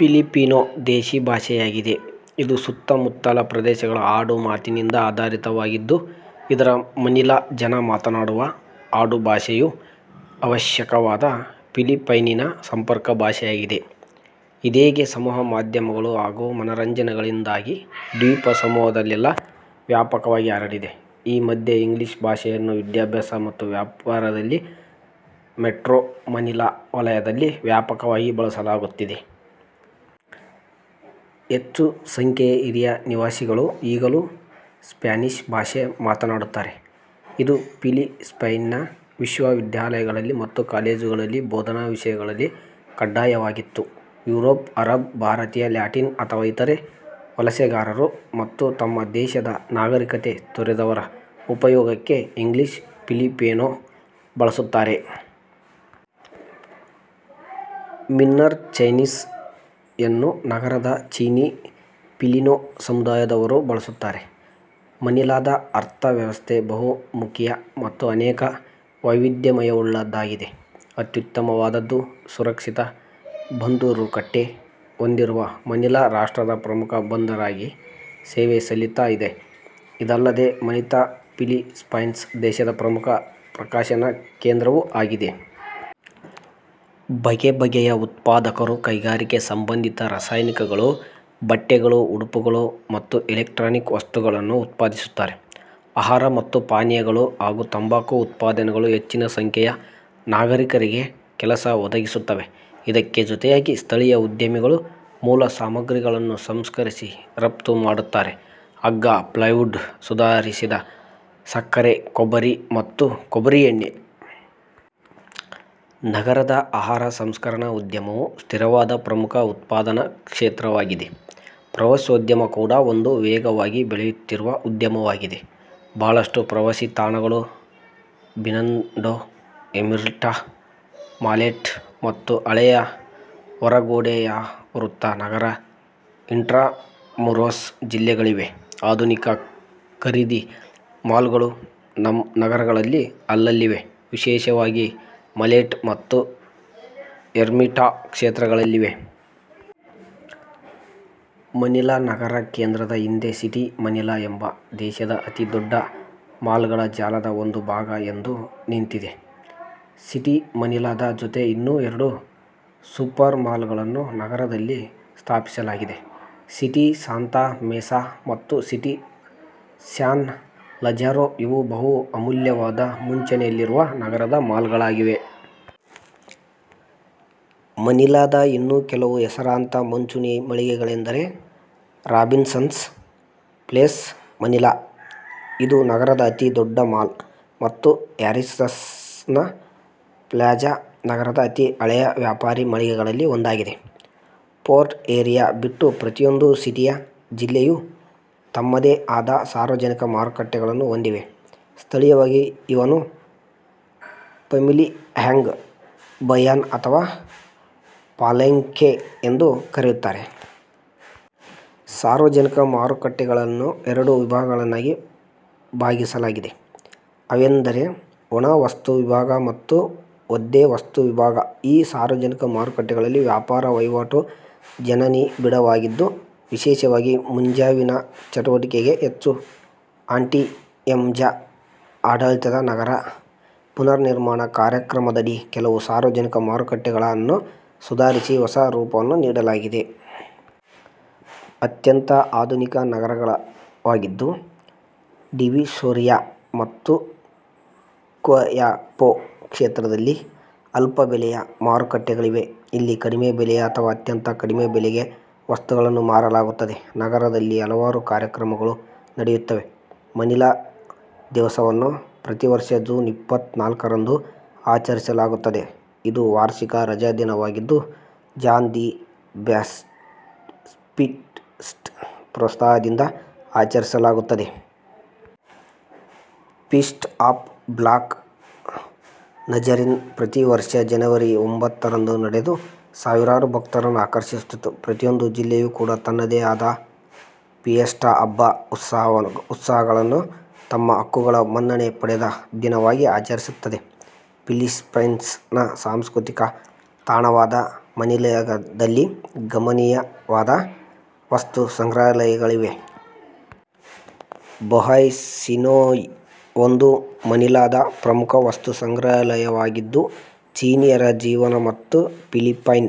Filipino ದೇಶೀ ಭಾಷೆಯಾಗಿದೆ, ಇದು ಸುತ್ತಮುತ್ತಲ ಪ್ರದೇಶಗಳ ಆಡು ಮಾತಿನಿಂದ ಆಧಾರಿತವಾಗಿದ್ದು, ಇದರ ಮನಿಲಾ ಜನ ಮಾತಾಡುವ ಆಡುಭಾಷೆಯು ಅವ್ಯಕವಾದ ಫಿಲಿಪೈನಿನ ಸಂಪರ್ಕ ಭಾಷೆಯಾಗಿದೆ, ಇದೇಗ ಸಮೂಹ ಮಾಧ್ಯಮಗಳು ಹಾಗೂ ಮನರಂಜನೆಗಳಿಂದಾಗಿ ದ್ವೀಪ ಸಮೂಹದಲ್ಲೆಲ್ಲಾ ವ್ಯಾಪಕವಾಗಿ ಹರಡಿದೆ. ಈ ಮಧ್ಯೆ, ಇಂಗ್ಲಿಷ್ ಭಾಷೆಯನ್ನು ವಿದ್ಯಾಭ್ಯಾಸ ಮತ್ತು ವ್ಯಾಪಾರದಲ್ಲಿ ಮೆಟ್ರೋ-ಮನಿಲಾ ವಲಯದಲ್ಲಿ ವ್ಯಾಪಕವಾಗಿ ಬಳಸಲಾಗುತ್ತದೆ. ಹೆಚ್ಚು ಸಂಖ್ಯೆಯ ಹಿರಿಯ ನಿವಾಸಿಗಳು ಈಗಲೂ ಸ್ಪ್ಯಾನಿಷ್ ಭಾಷೆ ಮಾತನಾಡುತ್ತಾರೆ. ಇದು ಫಿಲಿಪ್ಪೈನ್ನ ವಿಶ್ವ ವಿದ್ಯಾಲಯಗಳಲ್ಲಿ ಮತ್ತು ಕಾಲೇಜುಗಳಲ್ಲಿ ಬೋಧನಾ ವಿಷಯಗಳಲ್ಲಿ ಕಡ್ಡಾಯವಾಗಿತ್ತು. Europe, Arab. ಭಾರತೀಯ, ಲ್ಯಾಟಿನ್ ಅಥವಾ ಇತರೆ ವಲಸೆಗಾರರು ಮತ್ತು ತಮ್ಮ ದೇಶದ ನಾಗರೀಕತೆ ತೊರೆದವರ ಉಪಯೋಗಕ್ಕೆ ಇಂಗ್ಲಿಷ್ ಫಿಲಿಪೊನೊ ಬಳಸುತ್ತಾರೆ. ಮಿನ್ನನ್ ಚೈನೀಸ್ ಯನ್ನು ನಗರದ ಚೀನಿ-ಫಿಲಿನೊ ಸಮುದಾಯದವರು ಬಳಸುತ್ತಾರೆ. ಮನಿಲಾದ ಅರ್ಥ ವ್ಯವಸ್ಥೆ ಬಹು ಮುಖೀಯ ಮತ್ತು ಅನೇಕ ವೈವಿದ್ಯವುಳ್ಳದ್ದಾಗಿದೆ. ಅತ್ಯುತ್ತಮವಾದದ್ದು, ಸುರಕ್ಷಿತ ಬಂದರುಕಟ್ಟೆ ಹೊಂದಿರುವ ಮನಿಲಾ ರಾಷ್ಟ್ರದ ಪ್ರಮುಖ ಬಂದರಾಗಿ ಸೇವೆ ಸಲ್ಲಿಸುತ್ತಾ ಇದೆ. ಇದಲ್ಲದೆ, ಮನಿಲಾ ಫಿಲಿಪ್ಪೈನ್ಸ್ ದೇಶದ ಪ್ರಮುಖ ಪ್ರಕಾಶನ ಕೇಂದ್ರವೂ ಆಗಿದೆ. ಬಗೆ ಬಗೆಯ ಉತ್ಪಾದಕರು, ಕೈಗಾರಿಕೆ ಸಂಬಂಧಿತ ರಸಾಯನಿಕಗಳು, ಬಟ್ಟೆಗಳು, ಉಡುಪುಗಳು ಮತ್ತು ಎಲೆಕ್ಟ್ರಾನಿಕ್ ವಸ್ತುಗಳನ್ನು ಉತ್ಪಾದಿಸುತ್ತಾರೆ. ಆಹಾರ ಮತ್ತು ಪಾನೀಯಗಳು ಹಾಗೂ ತಂಬಾಕು ಉತ್ಪಾದನೆಗಳು ಹೆಚ್ಚಿನ ಸಂಖ್ಯೆಯ ನಾಗರೀಕರಿಗೆ ಕೆಲಸ ಒದಗಿಸುತ್ತವೆ. ಇದಕ್ಕೆ ಜೊತೆಯಾಗಿ, ಸ್ಥಳೀಯ ಉದ್ಯಮಿಗಳು ಮೂಲ ಸಾಮಗ್ರಿಗಳನ್ನು ಸಂಸ್ಕರಿಸಿ ರಫ್ತು ಮಾಡುತ್ತಾರೆ, ಹಗ್ಗ, ಪ್ಲೈವುಡ್, ಸುಧಾರಿಸಿದ ಸಕ್ಕರೆ, ಕೊಬ್ಬರಿ, ಮತ್ತು ಕೊಬ್ಬರಿ ಎಣ್ಣೆ. ನಗರದ ಆಹಾರ ಸಂಸ್ಕರಣಾ ಉದ್ಯಮವು ಸ್ಥಿರವಾದ ಪ್ರಮುಖ ಉತ್ಪಾದನಾ ಕ್ಷೇತ್ರವಾಗಿದೆ. ಪ್ರವಾಸೋದ್ಯಮ ಕೂಡಾ ಒಂದು ವೇಗವಾಗಿ ಬೆಳೆಯುತ್ತಿರುವ ಉದ್ಯಮವಾಗಿದೆ. ಬಹಳಷ್ಟು ಪ್ರವಾಸಿ ತಾಣಗಳು ಬಿನಂಡೊ, ಎರ್ಮಿಟಾ, ಮಾಲೇಟ್ ಮತ್ತು ಹಳೆಯ ಹೊರಗೋಡೆಯಾವೃತ ನಗರ, ಇಂಟ್ರಾಮುರೊಸ್ ಜಿಲ್ಲೆಗಳಲ್ಲಿವೆ. ಆಧುನಿಕ ಖರೀದಿ ಮಾಲ್ಗಳು ನಗರದಲ್ಲಿ ಅಲ್ಲಲ್ಲಿವೆ. ವಿಶೇಷವಾಗಿ ಮಲೇಟ್ ಮತ್ತು ಎರ್ಮಿಟಾ ಕ್ಷೇತ್ರಗಳಲ್ಲಿವೆ. ಮನಿಲಾ ನಗರ ಕೇಂದ್ರದ ಹಿಂದೆ ಸಿಟಿ ಮನಿಲಾ ಎಂಬ ದೇಶದ ಅತಿ ದೊಡ್ಡ ಮಾಲ್ಗಳ ಜಾಲದ ಒಂದು ಭಾಗ ಎದ್ದು ನಿಂತಿದೆ. ಸಿಟಿ ಮನಿಲಾದ, ಜೊತೆ ಇನ್ನೂ ಎರಡು ಸೂಪರ್ಮಾಲ್ಗಳನ್ನು ನಗರದಲ್ಲಿ ಸ್ಥಾಪಿಸಲಾಗಿದೆ, ಸಿಟಿ ಸಾಂತಾ ಮೆಸಾ ಮತ್ತು ಸಿಟಿ ಸ್ಯಾನ್ ಲಜಾರೊ, ಇವು ಬಹು ಅಮೂಲ್ಯವಾದ ಮುಂಚೂಣಿಯಲ್ಲಿರುವ ನಗರದ ಮಾಲ್ಗಳಾಗಿವೆ. ಮನಿಲಾದ ಇನ್ನೂ ಕೆಲವು ಹೆಸರಾಂತ ಮುಂಚೂಣಿ ಮಳಿಗೆಗಳೆಂದರೆ ರಾಬಿನ್ಸನ್ಸ್ ಪ್ಲೇಸ್ ಮನಿಲಾ, ಇದು ನಗರದ ಅತಿ ದೊಡ್ಡ ಮಾಲ್, ಮತ್ತು ಹ್ಯಾರಿಸನ್ ಪ್ಲಾಜಾ ನಗರದ ಅತಿ ಹಳೆಯ ವ್ಯಾಪಾರಿ ಮಳಿಗೆಗಳಲ್ಲಿ ಒಂದಾಗಿದೆ. ಪೋರ್ಟ್ ಏರಿಯಾ ಬಿಟ್ಟು ಪ್ರತಿಯೊಂದು ಸಿಟಿಯ ಜಿಲ್ಲೆಯು ತಮ್ಮದೇ ಆದ ಸಾರ್ವಜನಿಕ ಮಾರುಕಟ್ಟೆಗಳನ್ನು ಹೊಂದಿವೆ, ಸ್ಥಳೀಯವಾಗಿ ಇವನ್ನು ಪಮಿಲಿಹ್ಯಾಂಗ್ ಬಯಾನ್ ಅಥವಾ ಪಾಲೆಂಗ್ಕೆ ಎಂದು ಕರೆಯುತ್ತಾರೆ. ಸಾರ್ವಜನಿಕ ಮಾರುಕಟ್ಟೆಗಳನ್ನು ಎರಡು ವಿಭಾಗಗಳನ್ನಾಗಿ ಭಾಗಿಸಲಾಗಿದೆ. ಅವೆಂದರೆ ಒಣ ವಸ್ತುಗಳ ವಿಭಾಗ ಮತ್ತು ಒದ್ದೆ ವಸ್ತುಗಳ ವಿಭಾಗ. ಈ ಸಾರ್ವಜನಿಕ ಮಾರುಕಟ್ಟೆಗಳಲ್ಲಿ ವ್ಯಾಪಾರ ವಹಿವಾಟು ಜನನಿಬಿಡವಾಗಿದ್ದು ವಿಶೇಷವಾಗಿ ಮುಂಜಾವಿನಲ್ಲಿ ಚಟುವಟಿಕೆ ಹೆಚ್ಚು. ಆಟಿಯಂಜಾ ಆಡಳಿತದ ನಗರ ಪುನರ್ನಿರ್ಮಾಣ ಕಾರ್ಯಕ್ರಮದಡಿ ಕೆಲವು ಸಾರ್ವಜನಿಕ ಮಾರುಕಟ್ಟೆಗಳಾನ್ನು ಸುಧಾರಿಸಿ ಹೊಸ ರೂಪವನ್ನು ನೀಡಲಾಗಿದೆ. ಅತ್ಯಂತ ಆಧುನಿಕ ನಗರವಾಗಿದ್ದರೂ, ಡಿವಿಸೋರಿಯಾ ಮತ್ತು ಕ್ವಿಯಾಪೊ ಕ್ಷೇತ್ರಗಳಲ್ಲಿ ಅಲ್ಪಬೆಲೆಯ ಮಾರುಕಟ್ಟೆಗಳಿವೆ. ಇಲ್ಲಿ ಕಡಿಮೆ ಬೆಲೆಯ ಅಥವಾ ಅತ್ಯಂತ ಕಡಿಮೆ ಬೆಲೆಗೆ ವಸ್ತುಗಳನ್ನು ಮಾರಲಾಗುತ್ತದೆ. ನಗರದಲ್ಲಿ ಹಲವಾರು ಕಾರ್ಯಕ್ರಮಗಳು ನಡೆಯುತ್ತವೆ. ಮನಿಲಾ ದಿವಸವನ್ನು ಪ್ರತಿವರ್ಷ ಜೂನ್ ಇಪ್ಪತ್ತ ನಾಲ್ಕರಂದು ಆಚರಿಸಲಾಗುತ್ತದೆ. ಇಂದೂ ವಾರ್ಷಿಕ ರಜಾದಿನವಾಗಿದ್ದು ಜಾನ್ ದಿ ಬ್ಯಾಪ್ಟಿಸ್ಟ್ ಪ್ರೋತ್ಸಾಹದಿಂದ ಆಚರಿಸಲಾಗುತ್ತದೆ. ಫೀಸ್ಟ್ ಆಫ್ ಬ್ಲಾಕ್ ನಜರಿನ್ ಪ್ರತಿ ವರ್ಷದ ಜನವರಿ ಒಂಭತ್ತರಂದು ನಡೆದು ಸಾವಿರಾರು ಭಕ್ತರನ್ನು ಆಕರ್ಷಿಸುತ್ತಿತ್ತು. ಪ್ರತಿಯೊಂದು ಜಿಲ್ಲೆಯೂ ಕೂಡಾ ತನ್ನದೇ ಆದ ಫಿಯೆಸ್ಟಾ ಹಬ್ಬ, ಉತ್ಸವಗಳನ್ನು ತಮ್ಮ ಹಕ್ಕುಗಳ ಮನ್ನಣೆ ಪಡೆದ ದಿನವಾಗಿ ಆಚರಿಸುತ್ತದೆ. ಫಿಲಿಪ್ಪೈನ್ಸ್ನ ಸಾಂಸ್ಕೃತಿಕ ತಾಣವಾದ ಮನಿಲದಲ್ಲಿ ಗಮನೀಯವಾದ ವಸ್ತು ಸಂಗ್ರಹಾಲಯಗಳಿವೆ. ಬಹಾಯ್ ಸಿನೋಯ್ ಒಂದು ಮನಿಲಾದ ಪ್ರಮುಖ ವಸ್ತು ಸಂಗ್ರಹಾಲಯವಾಗಿದ್ದು ಚೀನೀಯರ ಜೀವನ ಮತ್ತು ಫಿಲಿಪೈನ